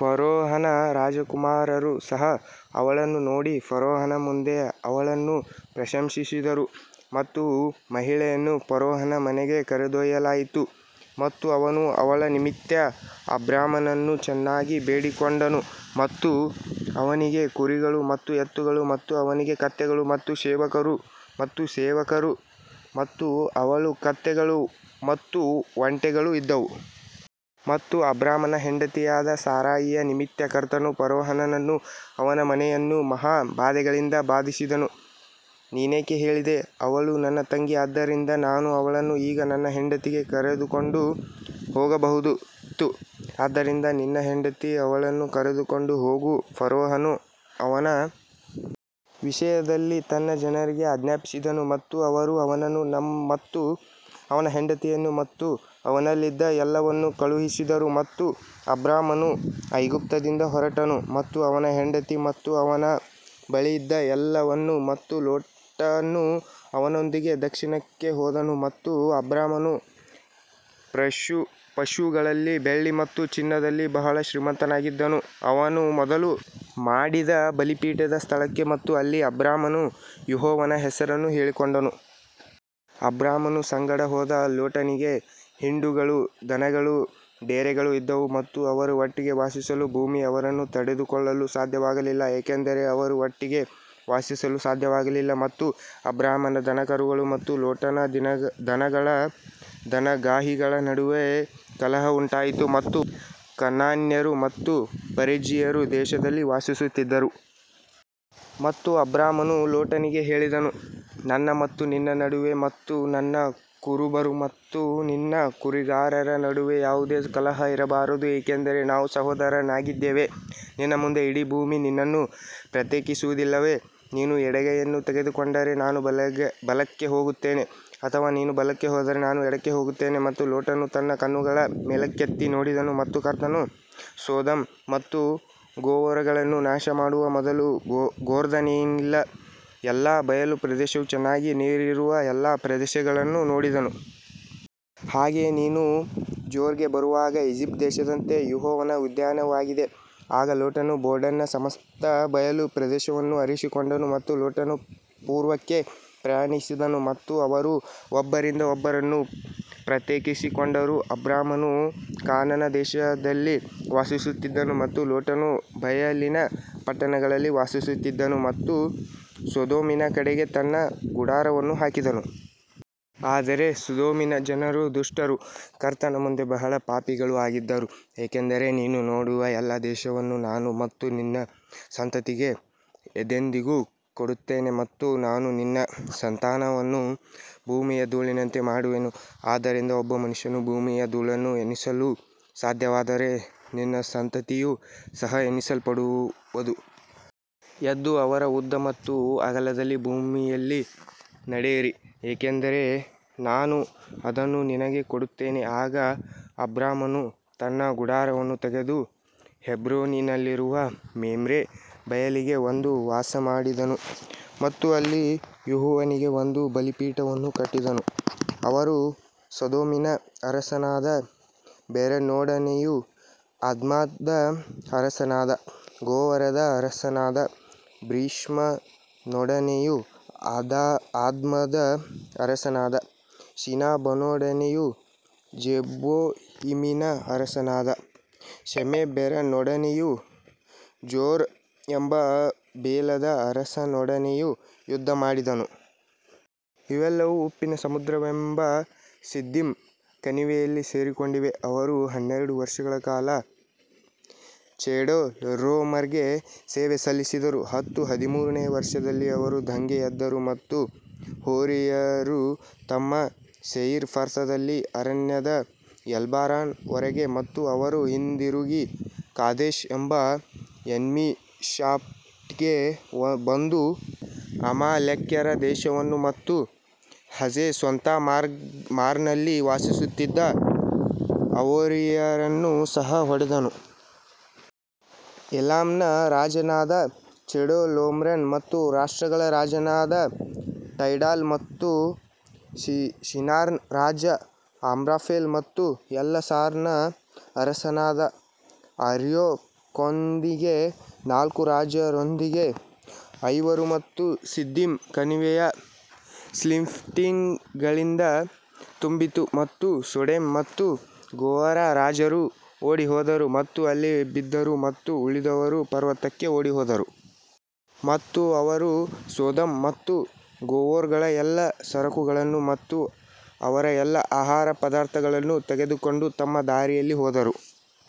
ಫರೋಹನ ರಾಜಕುಮಾರರು ಸಹ ಅವಳನ್ನು ನೋಡಿ ಫರೋಹನ ಮುಂದೆ ಅವಳನ್ನು ಪ್ರಶಂಸಿಸಿದರು ಮತ್ತು ಮಹಿಳೆಯನ್ನು ಫರೋಹನ ಮನೆಗೆ ಕರೆದೊಯ್ಯಲಾಯಿತು. ಮತ್ತು ಅವನು ಅವಳ ನಿಮಿತ್ತ ಅಬ್ರಾಮನನ್ನು ಚೆನ್ನಾಗಿ ಬೇಡಿಕೊಂಡನು ಮತ್ತು ಅವನಿಗೆ ಕುರಿಗಳು ಮತ್ತು ಎತ್ತುಗಳು ಮತ್ತು ಅವನಿಗೆ ಕತ್ತೆಗಳು ಮತ್ತು ಸೇವಕರು ಮತ್ತು ಸೇವಕರು ಮತ್ತು ಅವಳು ಕತ್ತೆಗಳು ಮತ್ತು ಒಂಟೆಗಳು ಇದ್ದವು. ಮತ್ತು ಅಬ್ರಾಮನ ಹೆಂಡತಿಯಾದ ಸಾರಾಯಿಯ ನಿಮಿತ್ತ ಕರ್ತನು ಫರೋಹನನ್ನೂ ಅವನ ಮನೆಯನ್ನೂ ಮಹಾ ಬಾಧೆಗಳಿಂದ ಬಾಧಿಸಿದನು. ನೀನೇಕೆ ಹೇಳಿದೆ ಅವಳು ನನ್ನ ತಂಗಿ ಆದ್ದರಿಂದ ನಾನು ಅವಳನ್ನು ಈಗ ನನ್ನ ಹೆಂಡತಿಗೆ ಕರೆದುಕೊಂಡು ಹೋಗಬಹುದಿತ್ತು ಆದ್ದರಿಂದ ನಿನ್ನ ಹೆಂಡತಿ ಅವಳನ್ನು ಕರೆದುಕೊಂಡು ಹೋಗು ಫರೋಹನು ಅವನ ವಿಷಯದಲ್ಲಿ ತನ್ನ ಜನರಿಗೆ ಆಜ್ಞಾಪಿಸಿದನು ಮತ್ತು ಅವರು ಅವನನ್ನು ಮತ್ತು ಅವನ ಹೆಂಡತಿಯನ್ನು ಮತ್ತು ಅವನಲ್ಲಿದ್ದ ಎಲ್ಲವನ್ನೂ ಕಳುಹಿಸಿದರು ಮತ್ತು ಅಬ್ರಾಮನು ಐಗುಪ್ತದಿಂದ ಹೊರಟನು ಮತ್ತು ಅವನ ಹೆಂಡತಿ ಮತ್ತು ಅವನ ಬಳಿಯಿದ್ದ ಎಲ್ಲವನ್ನೂ ಮತ್ತು ಲೋಟನು ಅವನೊಂದಿಗೆ ದಕ್ಷಿಣಕ್ಕೆ ಹೋದನು ಮತ್ತು ಅಬ್ರಾಮನು ಪಶುಗಳಲ್ಲಿ ಬೆಳ್ಳಿ ಮತ್ತು ಚಿನ್ನದಲ್ಲಿ ಬಹಳ ಶ್ರೀಮಂತನಾಗಿದ್ದನು ಅವನು ಮೊದಲು ಮಾಡಿದ ಬಲಿಪೀಠದ ಸ್ಥಳಕ್ಕೆ ಮತ್ತು ಅಲ್ಲಿ ಅಬ್ರಾಮನು ಯೆಹೋವನ ಹೆಸರನ್ನು ಹೇಳಿಕೊಂಡನು. ಅಬ್ರಾಮನ ಸಂಗಡ ಹೋದ ಲೋಟನಿಗೂ ಹಿಂಡುಗಳೂ ದನಗಳೂ ಡೇರೆಗಳೂ ಇದ್ದವು ಮತ್ತು ಅವರು ಒಟ್ಟಿಗೆ ವಾಸಿಸಲು ಭೂಮಿ ಅವರನ್ನು ತಡೆದುಕೊಳ್ಳಲು ಸಾಧ್ಯವಾಗಲಿಲ್ಲ, ಏಕೆಂದರೆ ಅವರು ಒಟ್ಟಿಗೆ ವಾಸಿಸಲು ಸಾಧ್ಯವಾಗಲಿಲ್ಲ. ಮತ್ತು ಅಬ್ರಾಮನ ದನಕರುಗಳ ಮತ್ತು ಲೋಟನ ದನಗಳ ದನಗಾಹಿಗಳ ನಡುವೆ ಕಲಹ ಉಂಟಾಯಿತು ಮತ್ತು ಕಾನಾನ್ಯರು ಮತ್ತು ಪೆರಿಜ್ಜೀಯರು ದೇಶದಲ್ಲಿ ವಾಸಿಸುತ್ತಿದ್ದರು. ಮತ್ತು ಅಬ್ರಾಮನು ಲೋಟನಿಗೆ ಹೇಳಿದನು, ನನ್ನ ಮತ್ತು ನಿನ್ನ ನಡುವೆ ಮತ್ತು ನನ್ನ ಕುರುಬರು ಮತ್ತು ನಿನ್ನ ಕುರಿಗಾರರ ನಡುವೆ ಯಾವುದೇ ಕಲಹ ಇರಬಾರದು ಏಕೆಂದರೆ ನಾವು ಸಹೋದರರಾಗಿದ್ದೇವೆ. ನಿನ್ನ ಮುಂದೆ ಇಡೀ ಭೂಮಿ ನಿನ್ನನ್ನು ಪ್ರತ್ಯೇಕಿಸುವುದಿಲ್ಲವೇ ನೀನು ಎಡಗೈಯನ್ನು ತೆಗೆದುಕೊಂಡರೆ ನಾನು ಬಲಕ್ಕೆ ಹೋಗುತ್ತೇನೆ ಅಥವಾ ನೀವು ಬಲಕ್ಕೆ ಹೋದರೆ ನಾನು ಎಡಕ್ಕೆ ಹೋಗುತ್ತೇನೆ ಮತ್ತು ಲೋಟನು ತನ್ನ ಕಣ್ಣುಗಳನ್ನು ಮೇಲಕ್ಕೆತ್ತಿ ನೋಡಿದನು ಮತ್ತು ಕರ್ತನು ಸೊದೋಮ್ ಮತ್ತು ಗೊಮೋರಗಳನ್ನು ನಾಶಮಾಡುವ ಮೊದಲು ಯೋರ್ದನಿನ ಎಲ್ಲಾ ಬಯಲು ಪ್ರದೇಶವು ಚೆನ್ನಾಗಿ ನೀರಿರುವ ಎಲ್ಲಾ ಪ್ರದೇಶಗಳನ್ನು ನೋಡಿದನು. ಹಾಗೆಯೇ ನೀವು ಜೋರ್ಗೆ ಬರುವಾಗ ಈಜಿಪ್ಟ್ ದೇಶದಂತೆ ಯೆಹೋವನ ಉದ್ಯಾನವಾಗಿದೆ. ಆಗ ಲೋಟನು ಜೋರ್ಡನ್ನ ಸಮಸ್ತ ಬಯಲು ಪ್ರದೇಶವನ್ನು ಆರಿಸಿಕೊಂಡನು ಮತ್ತು ಲೋಟನು ಪೂರ್ವಕ್ಕೆ ಪ್ರಯಾಣಿಸಿದನು ಮತ್ತು ಅವರು ಒಬ್ಬರಿಂದ ಒಬ್ಬರನ್ನು ಪ್ರತ್ಯೇಕಿಸಿಕೊಂಡರು. ಅಬ್ರಾಮನು ಕಾನಾನ್ ದೇಶದಲ್ಲಿ ವಾಸಿಸುತ್ತಿದ್ದನು ಮತ್ತು ಲೋಟನು ಬಯಲಿನ ಪಟ್ಟಣಗಳಲ್ಲಿ ವಾಸಿಸುತ್ತಿದ್ದನು ಮತ್ತು ಸೊದೋಮಿನ ಕಡೆಗೆ ತನ್ನ ಗುಡಾರವನ್ನು ಹಾಕಿದನು. ಆದರೆ ಸೊದೋಮಿನ ಜನರು ದುಷ್ಟರೂ ಕರ್ತನ ಮುಂದೆ ಬಹಳ ಪಾಪಿಗಳೂ ಆಗಿದ್ದರು ಯಾಕಂದರೆ ನೀನು ನೋಡುವ ಎಲ್ಲಾ ದೇಶವನ್ನು ನಾನು ಮತ್ತು ನಿನ್ನ ಸಂತತಿಗೆ ಎಂದೆಂದಿಗೂ ಕೊಡುತ್ತೇನೆ ಮತ್ತು ನಾನು ನಿನ್ನ ಸಂತಾನವನ್ನು ಭೂಮಿಯ ಧೂಳಿನಂತೆ ಮಾಡುವೆನು ಆದ್ದರಿಂದ ಒಬ್ಬ ಮನುಷ್ಯನು ಭೂಮಿಯ ಧೂಳನ್ನು ಎಣಿಸಲು ಸಾಧ್ಯವಾದರೆ ನಿನ್ನ ಸಂತತಿಯು ಸಹ ಎಣಿಸಲ್ಪಡುವದು. ಎದ್ದು ಅದರ ಉದ್ದ ಮತ್ತು ಅಗಲದಲ್ಲಿ ಭೂಮಿಯಲ್ಲಿ ನಡೆಯಿರಿ ಏಕೆಂದರೆ ನಾನು ಅದನ್ನು ನಿನಗೆ ಕೊಡುತ್ತೇನೆ ಆಗ ಅಬ್ರಾಮನು ತನ್ನ ಗುಡಾರವನ್ನು ತೆಗೆದು ಹೆಬ್ರೋನಿನಲ್ಲಿರುವ ಮಮ್ರೆ ಬಯಲಿಗೆ ಬಂದು ವಾಸಮಾಡಿದನು ಮತ್ತು ಅಲ್ಲಿ ಯೆಹೋವನಿಗೆ ಒಂದು ಬಲಿಪೀಠವನ್ನು ಕಟ್ಟಿದನು. ಇವರು ಸೊದೋಮಿನ ಅರಸನಾದ ಬೇರನೊಡನೆಯೂ ಅದ್ಮಾದ ಅರಸನಾದ ಗೊಮೋರದ ಅರಸನಾದ ಬಿರ್ಷನೊಡನೆಯೂ ಅದ್ಮಾದ ಅರಸನಾದ ಶಿನಾಬನೊಡನೆಯೂ ಝೆಬೋಯಿಮಿನ ಅರಸನಾದ ಶೆಮೆಬೆರನೊಡನೆಯೂ ಜೋರ್ ಎಂಬ ಬೇಲದ ಅರಸನೊಡನೆಯೂ ಯುದ್ಧಮಾಡಿದರು. ಇವೆಲ್ಲವೂ ಉಪ್ಪಿನ ಸಮುದ್ರವೆಂಬ ಸಿದ್ದಿಮ್ ಕಣಿವೆಯಲ್ಲಿ ಸೇರಿಕೊಂಡಿವೆ ಅವರು ಹನ್ನೆರಡು ವರ್ಷಗಳ ಕಾಲ ಚೆಡೋರ್ಲೋಮರ್ಗೆ ಸೇವೆ ಸಲ್ಲಿಸಿದರು ಮತ್ತು ಹದಿಮೂರನೆಯ ವರ್ಷದಲ್ಲಿ ಅವರು ದಂಗೆ ಎದ್ದರು ಮತ್ತು ಹೋರಿಯರು ತಮ್ಮ ಸೇಯಿರ್ ಪರ್ವತದಲ್ಲಿ ಅರಣ್ಯದ ಎಲ್ಪಾರಾನ್ ವರೆಗೆ ಮತ್ತು ಅವರು ಹಿಂದಿರುಗಿ ಕಾದೇಶ್ ಎಂಬ ಎನ್ಮಿಷ್ಪಾಟ್ಗೆ ಬಂದು ಅಮಾಲೇಕ್ಯರ ದೇಶವನ್ನು ಮತ್ತು ಹಜೆಸೋಂತಾಮಾರ್ನಲ್ಲಿ ವಾಸಿಸುತ್ತಿದ್ದ ಅಮೋರಿಯರನ್ನು ಸಹ ಹೊಡೆದರು. ಏಲಾಮ್ನ ರಾಜನಾದ ಚೆಡೋರ್ಲೋಮರ್ ಮತ್ತು ರಾಷ್ಟ್ರಗಳ ರಾಜನಾದ ಟೈಡಾಲ್ ಮತ್ತು ಶಿನಾರ್ನ ರಾಜ ಅಮ್ರಾಫೆಲ್ ಮತ್ತು ಎಲ್ಲಸಾರ್ನ ಅರಸನಾದ ಅರ್ಯೋಕ್ನೊಂದಿಗೆ ನಾಲ್ಕು ರಾಜರೊಂದಿಗೆ ಐವರು ಮತ್ತು ಸಿದ್ದಿಮ್ ಕಣಿವೆಯು ಸ್ಲಿಮ್ಪಿಟ್ಗಳಿಂದ ತುಂಬಿತ್ತು ಮತ್ತು ಸೊಡೊಮ್ ಮತ್ತು ಗೊಮೊರಾ ರಾಜರು ಓಡಿಹೋದರು ಮತ್ತು ಅಲ್ಲಿ ಬಿದ್ದರು ಮತ್ತು ಉಳಿದವರು ಪರ್ವತಕ್ಕೆ ಓಡಿಹೋದರು. ಮತ್ತು ಅವರು ಸೊದೋಮ್ ಮತ್ತು ಗೊಮೋರಗಳ ಎಲ್ಲಾ ಸರಕುಗಳನ್ನು ಮತ್ತು ಅವರ ಎಲ್ಲಾ ಆಹಾರ ಪದಾರ್ಥಗಳನ್ನು ತೆಗೆದುಕೊಂಡು ತಮ್ಮ ದಾರಿಯಲ್ಲಿ ಹೋದರು.